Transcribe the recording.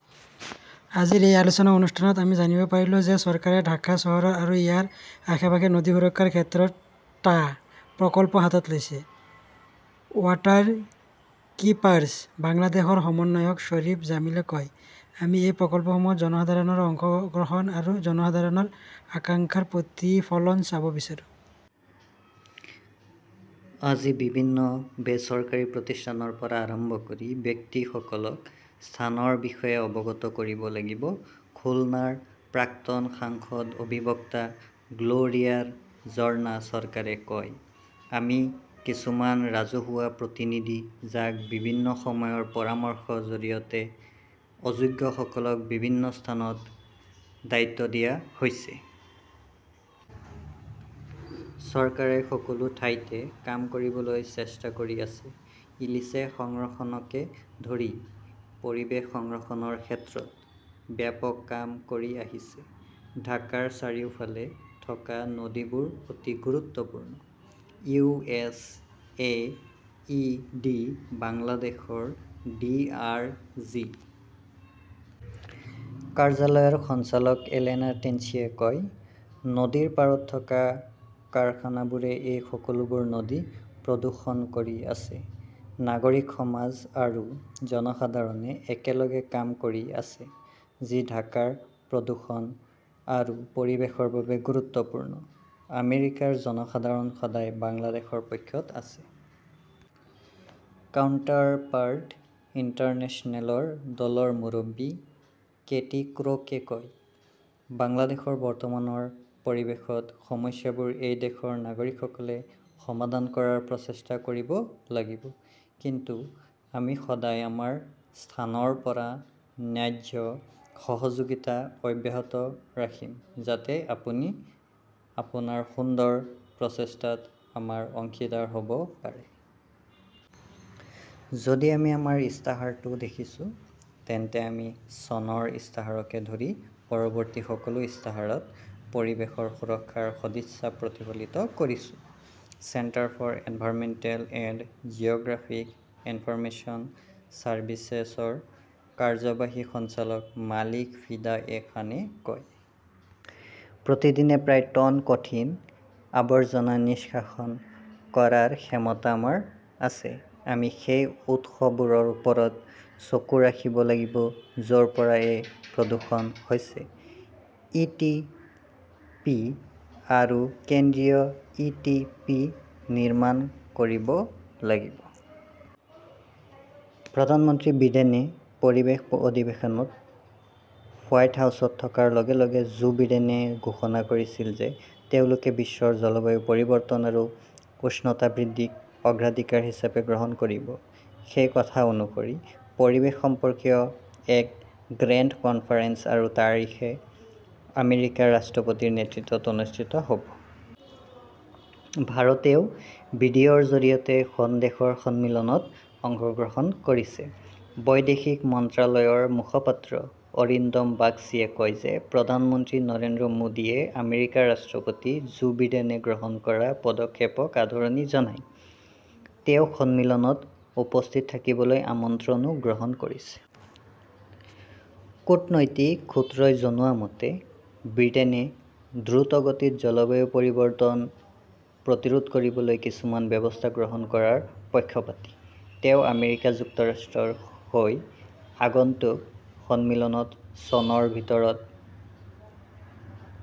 "আজিৰ এই আলোচনা অনুষ্ঠানত আমি জানিব পাৰিলো যে চৰকাৰে ঢাকা চহৰ আৰু ইয়াৰ আশে-পাশে নদী সুৰক্ষাৰ ক্ষেত্ৰত টা প্ৰকল্প হাতত লৈছে", ৱাটাৰকীপাৰ্ছ বাংলাদেশৰ সমন্বয়ক শ্বৰীফ জামিলে কয়। আমি এই প্ৰকল্পসমূহত জনসাধাৰণৰ অংশগ্ৰহণ আৰু জনসাধাৰণৰ আকাংক্ষাৰ প্ৰতিফলন চাব বিচাৰো। "আমি বিভিন্ন বেচৰকাৰী প্ৰতিষ্ঠানৰ পৰা আৰম্ভ কৰি ব্যক্তিসকলক স্থানৰ বিষয়ে অৱগত কৰিব লাগিব", খুলনাৰ প্ৰাক্তন সাংসদ অধিবক্তা গ্ল "ৰিয়া ঝৰ্ণা চৰকাৰে কয়। আমি কিছুমান ৰাজহুৱা প্ৰতিনিধি, যাক বিভিন্ন সময়ৰ পৰামৰ্শৰ জৰিয়তে অযোগ্যসকলক বিভিন্ন স্থানত দায়িত্ব দিয়া হৈছে। চৰকাৰে সকলো ঠাইতে কাম কৰিবলৈ চেষ্টা কৰি আছে। ইলিছে সংৰক্ষণকে ধৰি পৰিৱেশ সংৰক্ষণৰ ক্ষেত্ৰত ব্যাপক কাম কৰি আহিছে। "ঢাকাৰ চাৰিওফালে থকা নদীবোৰ অতি গুৰুত্বপূৰ্ণ", U. S. A. I. D. বাংলাদেশৰ ডি. আৰ. জি. কাৰ্যালয়ৰ সঞ্চালক এলেনা টেন্সিয়ে কয়। নদীৰ পাৰত থকা কাৰখানাবোৰে এই সকলোবোৰ নদী প্ৰদূষণ কৰি আছে। নাগৰিক সমাজ আৰু জনসাধাৰণে একেলগে কাম কৰি আছে, যি ঢাকাৰ প্ৰদূষণ আৰু পৰিৱেশৰ বাবে গুৰুত্বপূৰ্ণ। আমেৰিকাৰ জনসাধাৰণ সদায় বাংলাদেশৰ পক্ষত আছে। কাউণ্টাৰপাৰ্ট ইণ্টাৰনেশ্যনেলৰ দলৰ মুৰব্বী কেটি ক্ৰকে কয়, "বাংলাদেশৰ বৰ্তমানৰ পৰিৱেশত সমস্যাবোৰ এই দেশৰ নাগৰিকসকলে সমাধান কৰাৰ প্ৰচেষ্টা কৰিব লাগিব। কিন্তু আমি সদায় আমাৰ স্থানৰ পৰা ন্যায্য সহযোগিতা অব্যাহত ৰাখিম, যাতে আপুনি আপোনাৰ সুন্দৰ প্ৰচেষ্টাত আমাৰ অংশীদাৰ হ 'ব পাৰে। "যদি আমি আমাৰ ইস্তাহাৰটো দেখিছোঁ, তেন্তে আমি চনৰ ইস্তাহাৰকে ধৰি পৰৱৰ্তী সকলো ইস্তাহাৰত পৰিৱেশ সুৰক্ষাৰ সদিচ্ছা প্ৰতিফলিত কৰিছো", centre for environmental and Jio "graphic information চাৰ্ভিচেছৰ কাৰ্যবাহী সঞ্চালক মালিক ফিদা এ খানে কয়। প্ৰতিদিনে প্ৰায় টন কঠিন আৱৰ্জনা নিষ্কাশন কৰাৰ ক্ষমতা আমাৰ আছে। আমি সেই উৎসবোৰৰ ওপৰত চকু ৰাখিব লাগিব য 'ৰ পৰা এই প্ৰদূষণ হৈছে। ই. টি. পি. আৰু কেন্দ্ৰীয় ই. টি. পি. নিৰ্মাণ কৰিব লাগিব। "। প্ৰধানমন্ত্ৰী বিডেনে পৰিৱেশ অধিৱেশনত হোৱাইট হাউচত থকাৰ লগে লগে জো বিডেনে ঘোষণা কৰিছিল যে তেওঁলোকে বিশ্বৰ জলবায়ু পৰিৱৰ্তন আৰু উষ্ণতা বৃদ্ধিক অগ্ৰাধিকাৰ হিচাপে গ্ৰহণ কৰিব। সেই কথা অনুসৰি, পৰিৱেশ সম্পৰ্কীয় এক গ্ৰেণ্ড কনফাৰেন্স আৰু তাৰিখে আমেৰিকাৰ ৰাষ্ট্ৰপতিৰ নেতৃত্বত অনুষ্ঠিত হ 'ব। ভাৰতেও ভিডিঅ "ৰ জৰিয়তে খন দেশৰ সন্মিলনত অংশগ্ৰহণ কৰিছে। বৈদেশিক মন্ত্ৰালয়ৰ মুখপাত্ৰ অৰিন্দম বাগচীয়ে কয় যে প্ৰধানমন্ত্ৰী নৰেন্দ্ৰ মোদীয়ে আমেৰিকাৰ ৰাষ্ট্ৰপতি জো বিডেনে গ্ৰহণ কৰা পদক্ষেপক আদৰণি জনায়। তেওঁ সন্মিলনত উপস্থিত থাকিবলৈ আমন্ত্ৰণো গ্ৰহণ কৰিছে। কূটনৈতিক সূত্ৰই জনোৱা মতে, বিডেনে দ্ৰুতগতিত জলবায়ু পৰিৱৰ্তন প্ৰতিৰোধ কৰিবলৈ কিছুমান ব্যৱস্থা গ্ৰহণ কৰাৰ পক্ষপাতী। তেওঁ আমেৰিকা যুক্তৰাষ্ট্ৰৰ হৈ আগন্তুক সন্মিলনত চনৰ ভিতৰত